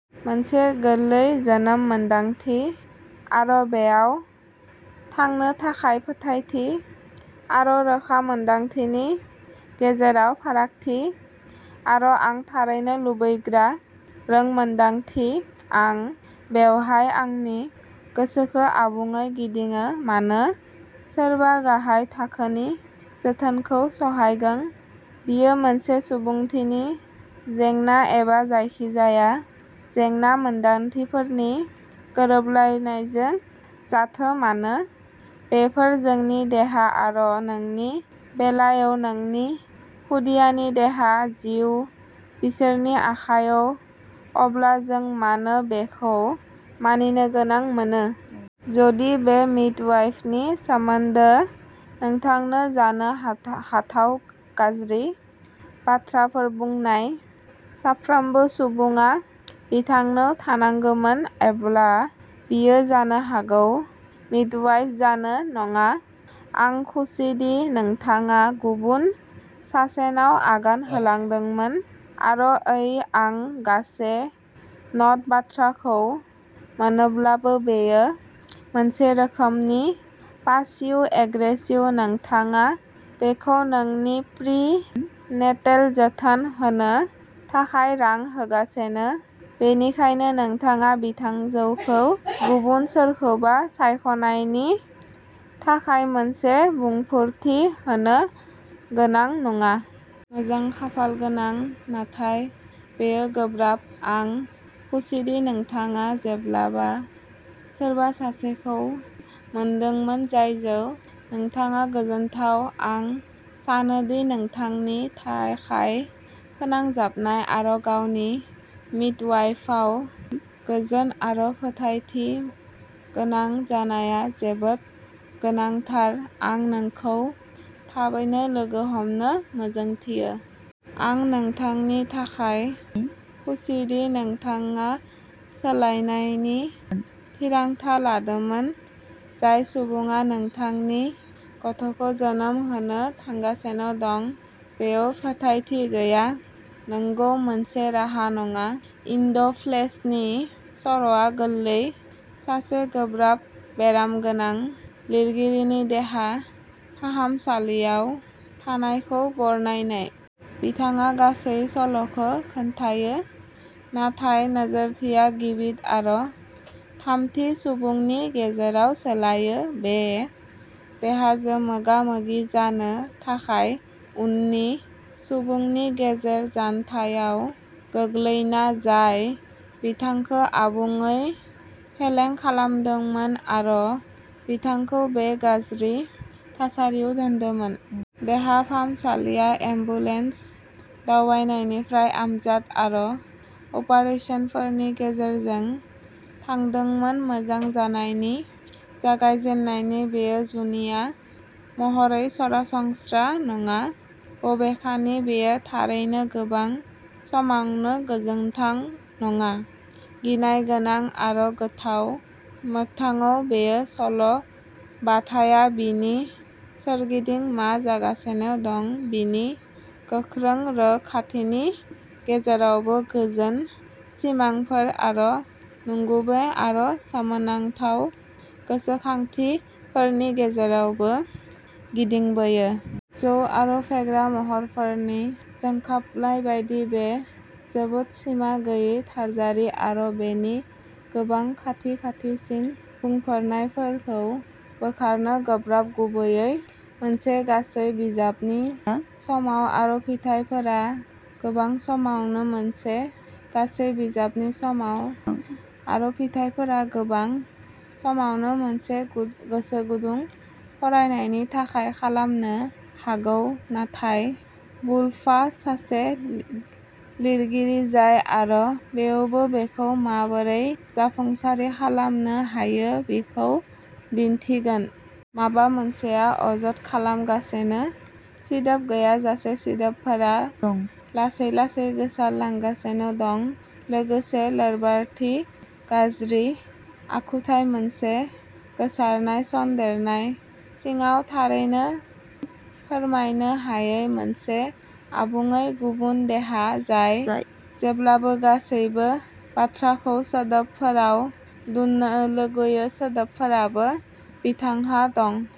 मोनसे गोरलै जोनोम मोन्दांथि आरो बेयाव थांनो थाखाय फोथायथि आरो रोखा मोन्दांथिनि गेजेराव फारागथि, आरो आं थारैनो लुबैग्रा रोंमोनदांथि। आं बेवहाय आंनि गोसोखौ आबुङै गिदिङो, मानो सोरबा गाहाय थाखोनि जोथोनखौ सहायगोन? बेयो मोनसे सुबुंथिनि जेंना एबा जायखिजाया जेंना मोन्दांथिफोरनि गोरोबलायनायानो जाथों मानो, बेफोरो जोंनि देहा आरो नोंनि बेलायाव, नोंनि खुदियानि देहा, जिउ, बिसोरनि आखायाव अब्ला जों मानो बेखौ मानिनो गोनां मोनो? जुदि बे मिडवाइफनि सोमोन्दै नोंथांनो जानो हाथाव गाज्रि बाथ्राफोर बुंनाय साफ्रोमबो सुबुङा बिथांनाव थांनांगौमोन, अब्ला बियो जानो हागौ मिडवाइफ जानाय नङा। आं खुसिदि नोंथाङा गुबुन सासेनाव आगान होलांदोंमोन। आरो ओइ, आं गासै न'ट बाथ्राखौ मोनोब्लाबो, बेयो मोनसे रोखोमनि पासिव एग्रेसिव, नोंथाङा बिखौ नोंनि प्रि नेटेल जोथोन होनो थाखाय रां होगासिनो बेनिखायनो, नोंथाङा बिथांजोखौ गुबुन सोरखौबा सायख'नायनि थाखाय मोनसे बुंफोरथि होनो गोनां नङा। मोजां खाफालगोनां, नाथाय बेयो गोब्राब। आं खुसिदि नोंथाङा जोबनायाव सोरबा सासेखौ मोनदोंमोन जायजों नोंथाङा गोजोनथाव। आं सानो दि नोंथांनि थाखाय फोनांजाबनाय आरो गावनि मिडवाइफआव गोजोन आरो फोथायथि गोनां जानाया जोबोद गोनांथार। आं नोंखौ थाबैनो लोगो हमनो मिजिंथियो। आं नोंथांनि थाखाय खुसिदि नोंथाङा सोलायनायनि थिरांथा लादोंमोन। जाय सुबुङा नोंथांनि गथ'खौ जोनोम होनो थांगासिनो दं, बेयाव फोथायथि गैया? नंगौ, मोनसे राहा नङा। इन द फ्लेशनि सल'आ गोरलै, सासे गोब्राब बेरामगोनां लिरगिरिनि देहा फाहामसालियाव थानायखौ बरनायनाय। बिथाङा गासै सल'खौ खिन्थायो, नाथाय नोजोरथिया गिबि आरो थामथि सुबुंनि गेजेराव सोलायो, बे देहाजों मोगा मोगि जानो थाखाय उननि सुबुंनि गोजोर जानथायाव गोग्लैना, जाय बिथांखौ आबुङै फेलें खालामदोंमोन आरो बिथांखौ बे गाज्रि थासारियाव दोनदोंमोन। देहा फाहामसालिया एम्बुलेन्स दावबायनायनिफ्राय आनजाद आरो अपारेसनफोरनि गेजेरजों थादोंमोन। मोजां जानायनि जागायजेन्नायाव, बेयो जुनिया महरै सरासनस्रा नङा, बबेखानि बेयो थारैनो गोबां समावनो गोजोनथाव नङा, गिनाय गोनां आरो गिथाव। मोगथाङाव बे सल' बाथाया बिनि सोरगिदिं मा जागासिनो दं बिनि गोख्रों रोखाथिनि गेजेरावबो गोजों सिमांफोर आरो नंगुबै आरो सोमोनांथाव गोसोखांथिफोरनि गेजेरावबो गिदिंबोयो। जौ आरो फेग्रा मुवाफोरनि जोंख्लाबनाय बायदि, बे जोबोद सिमा गैयै थासारि आरो बेनि गोबां खाथि खाथिसिन बुंफोरनायफोरखौ बोखारनो गोब्राब गुबैयै मोनसे गासै बिजाबनि समाव आरो फिथायफोरा गोबां समावनो मोनसे गोसो गुदुं फरायनायनि थाखाय खालामनो हागौ, नाथाय वुल्फआ सासे लिरगिरि जाय आरो बेयावबो बेखौ माबोरै जाफुंसारै खालामनो हायो बेखौ दिन्थिगोन। माबा मोनसेआ अजद खालामगासिनो, सोदोब गैयाजासे। सोदोबफोरा लासै लासै गोसारलांगासिनो दं, लोगोसे लोरबांथि। गाज्रि आखुथाय मोनसे गोसारनाय सन्देरनाय सिङाव थारैनो फोरमायनो हायै, मोनसे आबुङै गुबुन देहा जाय जेब्लाबो गासैबो बाथ्राखौ सोदोबफोराव दोननो लुबैयो। सोदोबफोराबो बिथांहा दं।